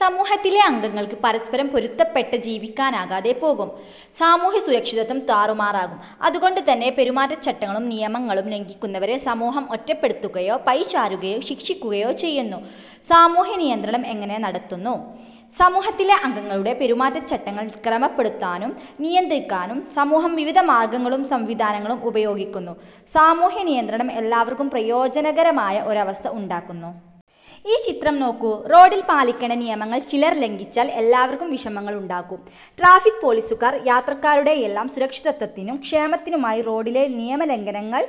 സമൂഹത്തിലെ അംഗങ്ങൾക്ക് പരസ്പരം പൊരുത്തപ്പെട്ട ജീവിക്കാനാകാതെ പോകും. സാമൂഹ്യസുരക്ഷിതത്വം താറുമാറാകും. അതു കൊണ്ടുതന്നെ പെരുമാറ്റച്ചട്ടങ്ങളും നിയമങ്ങളും ലംഘിക്കുന്നവരെ സമൂഹം ഒറ്റപ്പെടുത്തുകയോ പഴിചാരുകയോ ശിക്ഷിക്കുകയോ ചെയ്യുന്നു. സാമൂഹ്യനിയന്ത്രണം എങ്ങനെ നടത്തുന്നു? സമൂഹത്തിലെ അംഗങ്ങളുടെ പെരുമാറ്റച്ചട്ടങ്ങൾ ക്രമപ്പെടുത്താനും നിയന്ത്രിക്കാനും സമൂഹം വിവിധ മാർഗങ്ങളും സംവിധാനങ്ങളും ഉപയോഗിക്കുന്നു. സാമൂഹ്യനിയന്ത്രണം എല്ലാവർക്കും പ്രയോജനകരമായ ഒരവസ്ഥ ഉണ്ടാക്കുന്നു. ഈ ചിത്രം നോക്കൂ. റോഡിൽ പാലി ക്കേണ്ട നിയമങ്ങൾ ചിലർ ലംഘിച്ചാൽ എല്ലാവർക്കും വിഷമങ്ങളുണ്ടാക്കും. ട്രാഫിക് പോലീസുകാർ യാത്രക്കാ രുടെയെല്ലാം സുരക്ഷിതത്വത്തിനും ക്ഷേമത്തിനുമായി റോഡിലെ നിയമലംഘനങ്ങൾ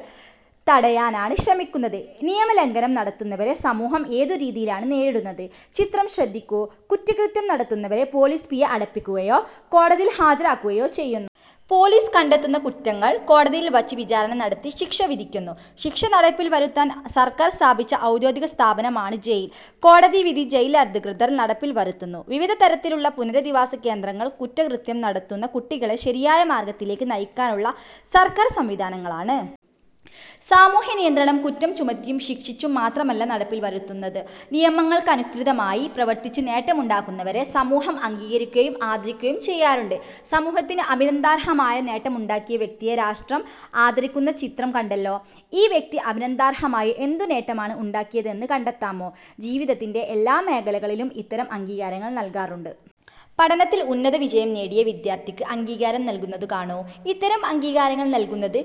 തടയാനാണ് ശ്രമിക്കുന്നത്. നിയമലംഘനം നടത്തുന്നവരെ സമൂഹം ഏതു രീതിയിലാണ് നേരിടുന്നത്? ചിത്രം ശ്രദ്ധിക്കൂ. കുറ്റകൃത്യം നടത്തുന്നവരെ പോലീസ് പിഴ അടപ്പിക്കുകയോ കോടതിയിൽ ഹാജരാക്കുകയോ ചെയ്യുന്നു. പോലീസ് കണ്ടെത്തുന്ന കുറ്റങ്ങൾ കോടതിയിൽ വച്ച് വിചാരണ നടത്തി ശിക്ഷ വിധിക്കുന്നു. ശിക്ഷ നടപ്പിൽ വരുത്താൻ സർക്കാർ സ്ഥാപിച്ച ഔദ്യോഗികസ്ഥാപനമാണ് ജയിൽ. കോടതിവിധി ജയിലധികൃതർ നടപ്പിൽ വരുത്തുന്നു. വിവിധ തരത്തിലുള്ള പുനരധിവാസ കേന്ദ്രങ്ങൾ കുറ്റകൃത്യം നടത്തുന്ന കുട്ടി കളെ ശരിയായ മാർഗത്തിലേക്ക് നയിക്കാനുള്ള സർക്കാർ സംവിധാനങ്ങളാണ്. സാമൂഹ്യനിയന്ത്രണം കുറ്റം ചുമത്തിയും ശിക്ഷിച്ചും മാത്രമല്ല നടപ്പിൽ വരുത്തുന്നത്. നിയമങ്ങൾക്കനുസൃതമായി പ്രവർത്തിച്ച് നേട്ടമുണ്ടാക്കുന്നവരെ സമൂഹം അംഗീകരിക്കുകയും ആദരിക്കുകയും ചെയ്യാറുണ്ട്. സമൂഹത്തിന് അഭിനന്ദനാർഹമായ നേട്ടമുണ്ടാക്കിയ വ്യക്തിയെ രാഷ്ട്രം ആദരി ക്കുന്ന ചിത്രം കണ്ടല്ലോ? ഈ വ്യക്തി അഭിനന്ദനാർഹമായ എന്തു നേട്ടമാണ് ഉണ്ടാക്കിയതെന്ന് കണ്ടെത്താമോ? ജീവിതത്തിന്റെ എല്ലാ മേഖലകളിലും ഇത്തരം അംഗീകാരങ്ങൾ നൽകാറുണ്ട്. പഠനത്തിൽ ഉന്നതവിജയം നേടിയ വിദ്യാർഥിക്ക് അംഗീകാരം നൽകുന്നത് കാണൂ. ഇത്തരം അംഗീകാരങ്ങൾ നൽകുന്നത്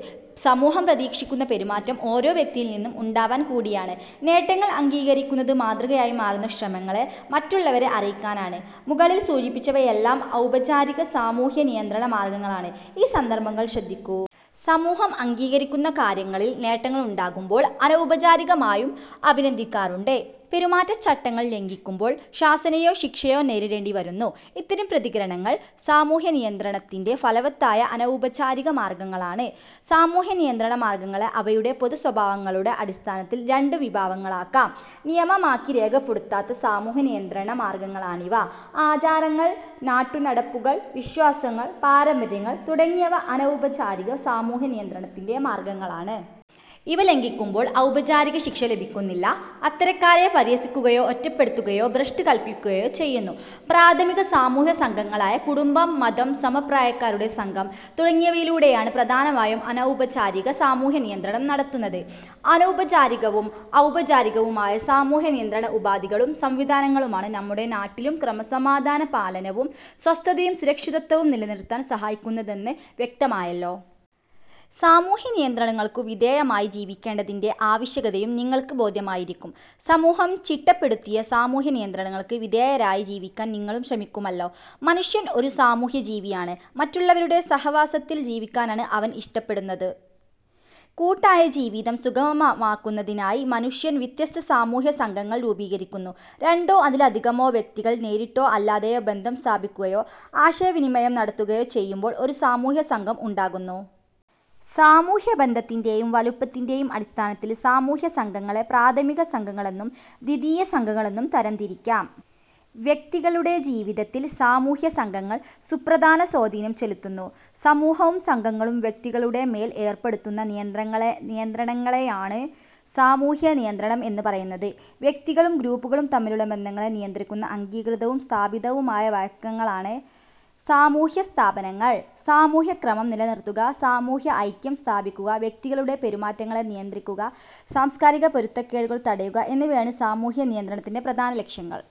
സമൂഹം പ്രതീക്ഷിക്കുന്ന പെരുമാറ്റം ഓരോ വ്യക്തിയിൽ നിന്നും ഉണ്ടാവാൻ കൂടിയാണ്. നേട്ടങ്ങൾ അംഗീകരിക്കുന്നത് മാതൃകയായി മാറുന്ന ശ്രമങ്ങളെ മറ്റുള്ളവരെ അറിയിക്കാനാണ്. മുകളിൽ സൂചിപ്പിച്ചവയെല്ലാം ഔപചാരിക സാമൂഹ്യനിയന്ത്രണ മാർഗങ്ങളാണ്. ഈ സന്ദർഭങ്ങൾ ശ്രദ്ധിക്കൂ. സമൂഹം അംഗീകരിക്കുന്ന കാര്യങ്ങളിൽ നേട്ടങ്ങളുണ്ടാക്കുമ്പോൾ അനൗപചാരികമായും അഭിനന്ദിക്കാറുണ്ട്. പെരുമാറ്റച്ചട്ടങ്ങൾ ലംഘിക്കുമ്പോൾ ശാസനയോ ശിക്ഷയോ നേരിടേണ്ടി വരുന്നു. ഇത്തരം പ്രതികരണങ്ങൾ സാമൂഹ്യനിയന്ത്രണത്തിന്റെ ഫലവത്തായ അനൗപചാരിക മാർഗങ്ങളാണ്. സാമൂഹ്യനിയന്ത്രണ മാർഗങ്ങളെ അവയുടെ പൊതുസ്വഭാവങ്ങളുടെ അടിസ്ഥാനത്തിൽ രണ്ടു വിഭാഗങ്ങളാക്കാം. നിയമമാക്കി രേഖപ്പെടുത്താത്ത സാമൂഹ്യനിയന്ത്രണ മാർഗങ്ങളാണിവ. ആചാരങ്ങൾ, നാട്ടുനടപ്പുകൾ, വിശ്വാസങ്ങൾ, പാരമ്പര്യങ്ങൾ തുടങ്ങിയവ അനൗപചാരിക സാമൂഹ്യനിയന്ത്രണത്തിന്റെ മാർഗങ്ങളാണ്. ഇവ ലംഘിക്കുമ്പോൾ ഔപചാരിക ശിക്ഷ ലഭിക്കുന്നില്ല. അത്തരക്കാരെ പരിഹസിക്കുകയോ ഒറ്റപ്പെടുത്തുകയോ ഭ്രഷ്ട് കൽപ്പിക്കുകയോ ചെയ്യുന്നു. പ്രാഥമിക സാമൂഹ്യസംഘങ്ങളായ കുടുംബം, മതം, സമപ്രായക്കാരുടെ സംഘം തുടങ്ങിയവയിലൂടെയാണ് പ്രധാനമായും അനൗപചാരിക സാമൂഹ്യനിയന്ത്രണം നടത്തുന്നത്. അനൗപചാരികവും ഔപചാരികവുമായ സാമൂഹ്യനിയന്ത്രണ ഉപാധികളും സംവിധാനങ്ങളുമാണ് നമ്മുടെ നാട്ടിലും ക്രമസമാധാന പാലനവും സ്വസ്ഥതയും സുരക്ഷിതത്വവും നിലനിർത്താൻ സഹായിക്കുന്നതെന്ന് വ്യക്തമായല്ലോ. സാമൂഹ്യനിയന്ത്രണങ്ങൾക്കു വിധേയമായി ജീവിക്കേണ്ടതിന്റെ ആവശ്യകതയും നിങ്ങൾക്ക് ബോധ്യമായിരിക്കും. സമൂഹം ചിട്ടപ്പെടുത്തിയ സാമൂഹ്യനിയന്ത്രണങ്ങൾക്ക് വിധേയരായി ജീവിക്കാൻ നിങ്ങളും ശ്രമിക്കുമല്ലോ. മനുഷ്യൻ ഒരു സാമൂഹ്യജീവിയാണ്. മറ്റുള്ളവരുടെ സഹവാസത്തിൽ ജീവിക്കാനാണ് അവൻ ഇഷ്ടപ്പെടുന്നത്. കൂട്ടായ ജീവിതം സുഗമമാക്കുന്നതിനായി മനുഷ്യൻ വ്യത്യസ്ത സാമൂഹ്യസംഘങ്ങൾ രൂപീകരിക്കുന്നു. രണ്ടോ അതിലധികമോ വ്യക്തികൾ നേരിട്ടോ അല്ലാതെയോ ബന്ധം സ്ഥാപിക്കുകയോ ആശയവിനിമയം നടത്തുകയോ ചെയ്യുമ്പോൾ ഒരു സാമൂഹ്യസംഘം ഉണ്ടാകുന്നു. സാമൂഹ്യബന്ധത്തിന്റെയും വലുപ്പത്തിന്റെയും അടിസ്ഥാനത്തിൽ സാമൂഹ്യസംഘങ്ങളെ പ്രാഥമികസംഘങ്ങളെന്നും ദ്വിതീയസംഘങ്ങളെന്നും തരംതിരിക്കാം. വ്യക്തികളുടെ ജീവിതത്തിൽ സാമൂഹ്യസംഘങ്ങൾ സുപ്രധാന സ്വാധീനം ചെലുത്തുന്നു. സമൂഹവും സംഘങ്ങളും വ്യക്തികളുടെ മേൽ ഏർപ്പെടുത്തുന്ന നിയന്ത്രണങ്ങളെയാണ് സാമൂഹ്യനിയന്ത്രണം എന്നു പറയുന്നത്. വ്യക്തികളും ഗ്രൂപ്പുകളും തമ്മിലുള്ള ബന്ധങ്ങളെ നിയന്ത്രിക്കുന്ന അംഗീകൃതവും സ്ഥാപിതവുമായ വഴക്കങ്ങളാണ് സാമൂഹ്യസ്ഥാപനങ്ങൾ. സാമൂഹ്യക്രമം നിലനിർത്തുക, സാമൂഹ്യ ഐക്യം സ്ഥാപിക്കുക, വ്യക്തികളുടെ പെരുമാറ്റങ്ങളെ നിയന്ത്രിക്കുക, സാംസ്കാരിക പൊരുത്തക്കേടുകൾ തടയുക എന്നിവയാണ് സാമൂഹ്യ നിയന്ത്രണത്തിന്റെ പ്രധാന ലക്ഷ്യങ്ങൾ.